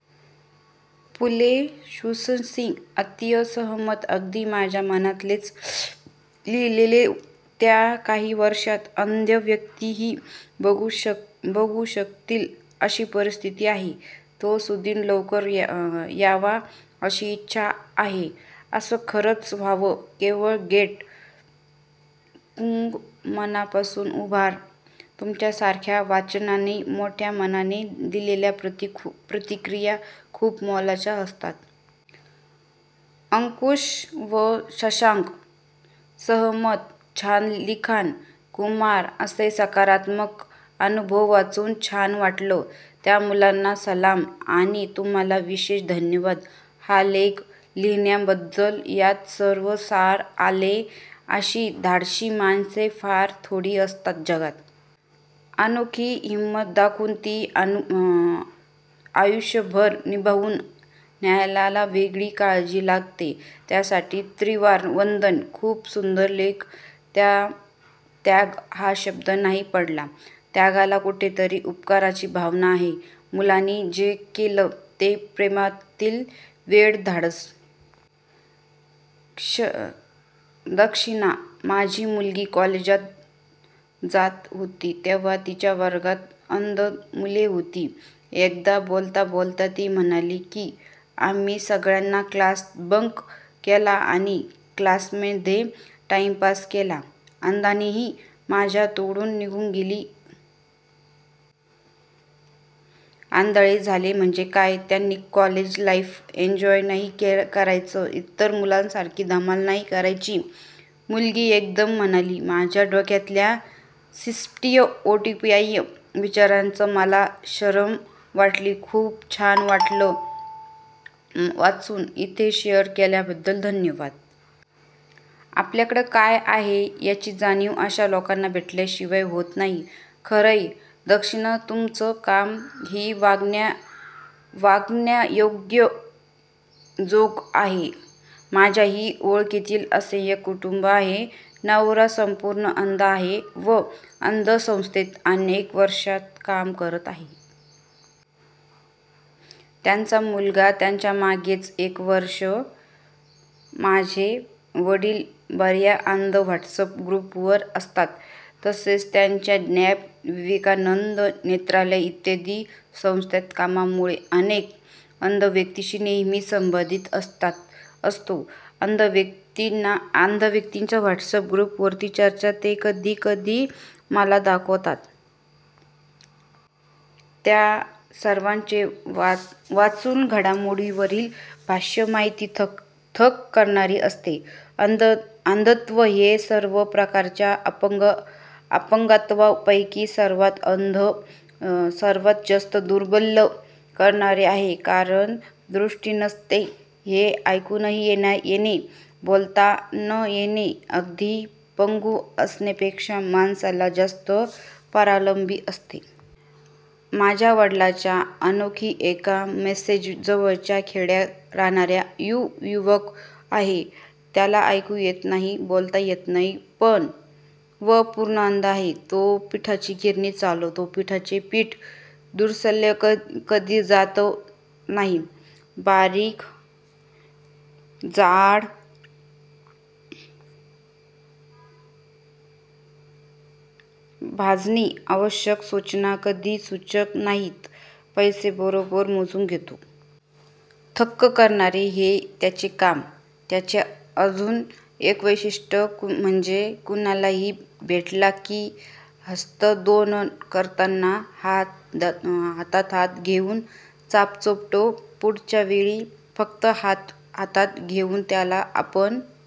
पुलेशुसिंजी, अतिशय सहमत. अगदी माझ्या मनातलेच लिहीलेत. येत्या काही वर्षात अंधव्यक्तीही जग बघू शकतील अशी परीस्थीती आहे. तो सुदीन लवकर यावा अशी इच्छा आहे. अस खरंच व्हाव. केवळ ग्रेट________/\_______कऊ, मनापासून आभार! तुमच्यासारख्या वाचकांनी मोठ्या मनाने दिलेल्या प्रतिक्रिया खूप मोलाच्या असतात. अंकु व शशांक, सहमत. छान लिखाण, कुमार. असे सकारात्मक अनुभव वाचून छान वाटतं. त्या मुलीला सलाम, आणि तुम्हाला विशेष धन्यवाद हा लेख लिहिल्याबद्दल. यात सर्व सार आले. अशी धाडशी माणसे फार थोडी असतात जगात. _/\_ अनोखी हिंमत दाखवून ती आयुष्यभर निभावून न्यायला वेगळंच काळीज लागतं, त्यासाठी त्रिवार वंदन!! खूप सुंदर लेख. त्याग हा शब्द नाही पटला. त्यागात कुठेतरी उपकाराची भावना आहे, मुलीने जे केलं ते प्रेमातील वेडं धाडस. दक्षिणा __/\__. माझी मुलगी कॉलेजात होती तेव्हा तिच्या वर्गात अंध मुले होती. एकदा बोलता बोलता ती म्हणाली की आम्ही सगळ्यांनी क्लास बंक केला आणि कॅन्टीनमध्ये टाइम पास केला. अंधानीही? माझ्या तोंडून निघून गेले. आंधळे झाले म्हणजे काय त्यांनी कॉलेज लाईफ एन्जॉय नाही करायचे? इतर मुलांसारखी धमाल नाही करायची? मुलगी एकदम म्हणाली. माझ्या डोक्यातल्या स्स्टीरीओटाईप विचारांची मलाच शरम वाटली. खुप छान वाटल वाचुन, इथे शेअर केल्याबद्द्ल धन्यवाद. आपल्याकडे काय आहे याची जाणीव अशा लोकांना भेटल्याशिवाय होत नाही. खरय, दक्षिणा तुमच काम ही वाखाणण्याजोग आहे. माझ्याही ओळखीत असेच एक कुटुंब आहे. नवरा संपूर्ण अंध आहे व अंध संस्थेत अनेक वर्षे काम करत आहेत. त्यांचा मुलगा माझ्यामागेच एक वर्ष होता. माझे वडिल बर्याच अंध व्हॉट्सअॅप ग्रुपवर असतात. तसेच त्यांच्या नॅब, विवेकानंद नेत्रालय इत्यादी संस्थांतील कामांमुळे अनेक अंध व्यक्तिंशी नेहेमी संबंध येत असतो. अंध व्यक्तिंच्या व्हॉट्सअॅप ग्रुपवरील चर्चा ते कधी कधी मला दाखवतात. त्या सर्वांचे चालू घडामोडींवरील भाष्य, माहिती थक्क करणारी असते. अंधत्व हे सर्व प्रकारच्या अपंगत्वांपैकी सर्वात जास्त दुर्बल करणारे आहे. कारण दृष्टी नसणे हे ऐकू न येणे, बोलता न येणे अगदी पंगू असण्यापेक्षा माणसाला जास्त परावलंबी बनवते. आमच्या वडिलांच्या ओळखीत एक मिरजेजवळच्या खेड्यात राहणारा युअवक आहे. त्याला ऐकू येत नाही, बोलता येत नाही व पूर्ण अंध आहे. तो पिठाची गिरणी चालवतो. एकाचे पीठ दुसर्याला कधी जात नाही, बारीक-जाड-भाजणी अश्या सुचना कधी चूकत नाहीत, पैसे बरोबर मोजून देतो. थक्क करणारे आहे त्याचे काम. त्याचे अजून एक वैशिष्ट्य म्हणजे कुणालाही भेटला की हस्तांदोलन करताना हात हातात घेउन चाचपडतो. पुढल्या वेळी फक्त हात हातात घेवून त्याला आपण